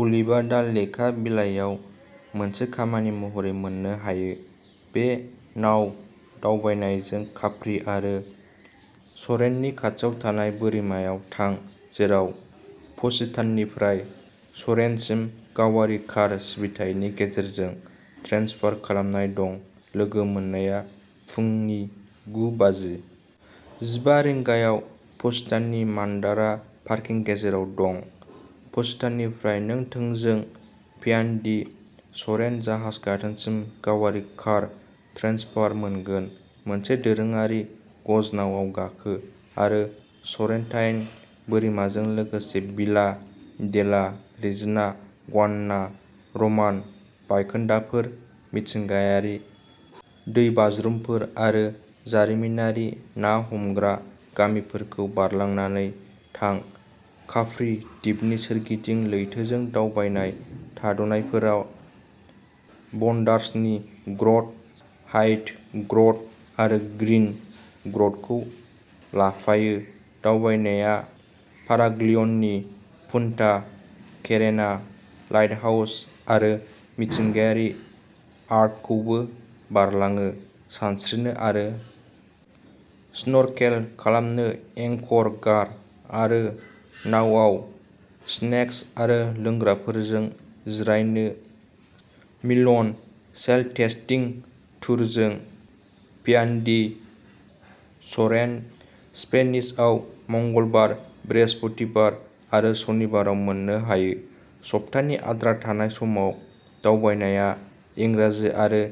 अलिभा दा लेखा बिलायाव मोनसे खामानि महरै मोननो हायो बे नाव दावबायनायजों काप्रि आरो सरेन्टनि खाथियाव थानाय बोरिमायाव थां जेराव पसिताननिफ्राय सरेन्टसिम गावारि कार सिबिथायनि गेजेरजों ट्रेन्सफार खालामनाय दं लोगो मोननाया फुंनि गुबाजि जिबा रिंगायाव पसिताननि मान्दारा पार्किं गेरेजाव दं पसितान'निफ्राय नों थोंजों पियानदि सरेन्ट जाहाज गाथोनसिम गावारि कार ट्रेन्सफार मोनगोन मोनसे दोरोङारि गजनावआव गाखो आरो सरेन्टाइन बोरिमाजों लोगोसे भिला डेला रेजिना गवान्ना रमान बायखोन्दाफोर मिथिंगायारि दैबाज्रुमफोर आरो जारिमिनारि ना हमग्रा गामिफोरखौ बारलांनानै थां काप्रि दिपनि सोरगिदिं लैथोजों दावबाय थाद'नायफोरा व'न्डार्सनि ग्रट व्हाइट ग्रट आरो ग्रीन ग्रटखौ लाफायो दावबायनाया फाराग्लियनि पुन्टा केरेना लाइटहाउस आरो मिथिंगायारि आर्कखौबो बारलाङो सानस्रिनो आरो स्नर्केल खालामनो एंकर गार आरो नावाव स्नेक्स आरो लोंग्राफोरजों जिरायनो लिमनसेलटेस्टिं टुरजों पियानदि सरेन्ट स्पेनिशआव मंगलबार बृहस्पतिबार आरो सनिबाराव मोननो हायो सप्तानि आद्रा थानाय समाव दावबायनाया इंराजि आरो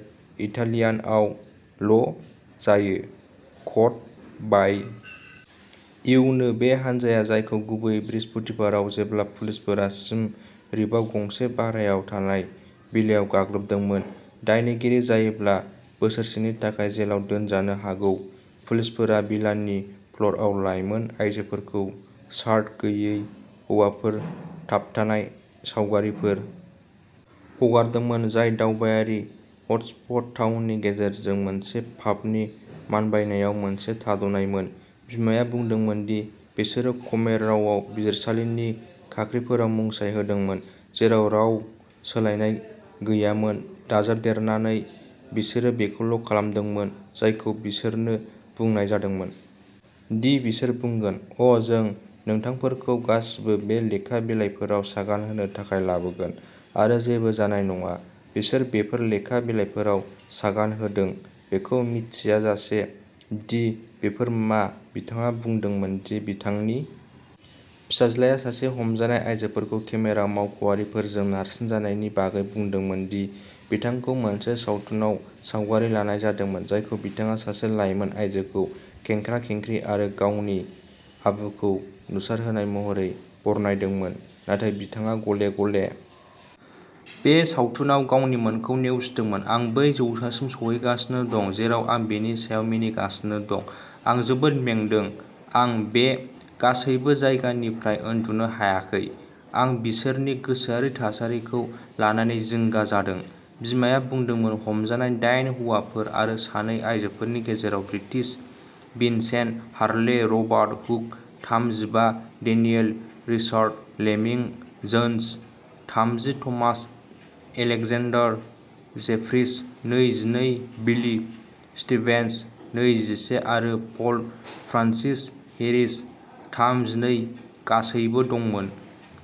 इटालियानआव ल' जायो कड बाइ इउ नो बे हानजाया जायखौ गुबैयै बृहस्पतिबाराव जेब्ला पुलिसफोरा सिम रिपआव गंसे भारायाव थानाय भिलायाव गाग्लोबदोंमोन दायनिगिरि जायोब्ला बोसोरसेनि थाखाय जेलाव दोनजानो हागौ पुलिसफोरा भिलानि फ्ल'रआव लाइमोन आइजोफोरखौ सार्ट गैयै हौवाफोर थाबथानाय सावगारिफोर हगारदोंमोन जाय दावबायारि हटस्पट टाउननि गेजेरजों मोनसे पाबनि मानबायनायाव मोनसे थाद'नायमोन बिमाया बुंदोंमोन दि बिसोरो खमेर रावाव बिजिरसालिनि खाख्रिफोराव मुंसाइ होदोंमोन जेराव राव सोलायनाय गैयामोन दाजाबदेरनानै बिसोरो बेखौल' खालामदोंमोन जायखौ बिसोरनो बुंनाय जादोंमोन दि बिसोर बुंगोन अ जों नोंथांफोरखौ गासिबो बे लेखा बिलाइफोराव सागान होनो थाखाय लाबोगोन आरो जेबो जानाय नङा बिसोर बेफोर लेखा बिलाइफोराव सागान होदों बेखौ मिथियाजासे दि बेफोर मा बिथाङा बुंदोंमोन दि बिथांनि फिसाज्लाया सासे हमजानाय आयजोखौ ख्मेरा मावख'आरिफोरजों नारसिनजानायनि बागै बुंदोंमोन दि बिथांखौ मोनसे सावथुनाव सावगारि लानाय जादोंमोन जायखौ बिथाङा सासे लाइमोन आयजोखौ खेंख्रा खेंख्रि आरो गावनि आबुखौ नुसारहोनाय महरै बरनायदोंमोन नाथाय बिथाङा गले गले बे सावथुनाव गावनिमोनखौ नेवसिदोंमोन आं बै जौसांसिम सौहैगासिनो दं जेराव आं बेनि सायाव मिनिगासिनो दं आं जोबोद मेंदों आं बे गासैबो जागायनायनिफ्राय उन्दुनो हायाखै आं बिसोरनि गोसोआरि थासारिखौ लानानै जिंगा जादों बिमाया बुंदोंमोन हमजानाय दाइन हौवाफोर आरो सानै आयजोफोरनि गेजेराव British Vincent Harley Robert Hooke थाम जिबा डेनियेल रिचार्ड लेमिं जोन्स थामजि थमास एलेक्जेन्डार जेफ्रिस नै जिनै बिली स्टीभेन्स नै जिसे आरो पल फ्रान्सिस हेरिस थाम जिनै गासैबो दंमोन।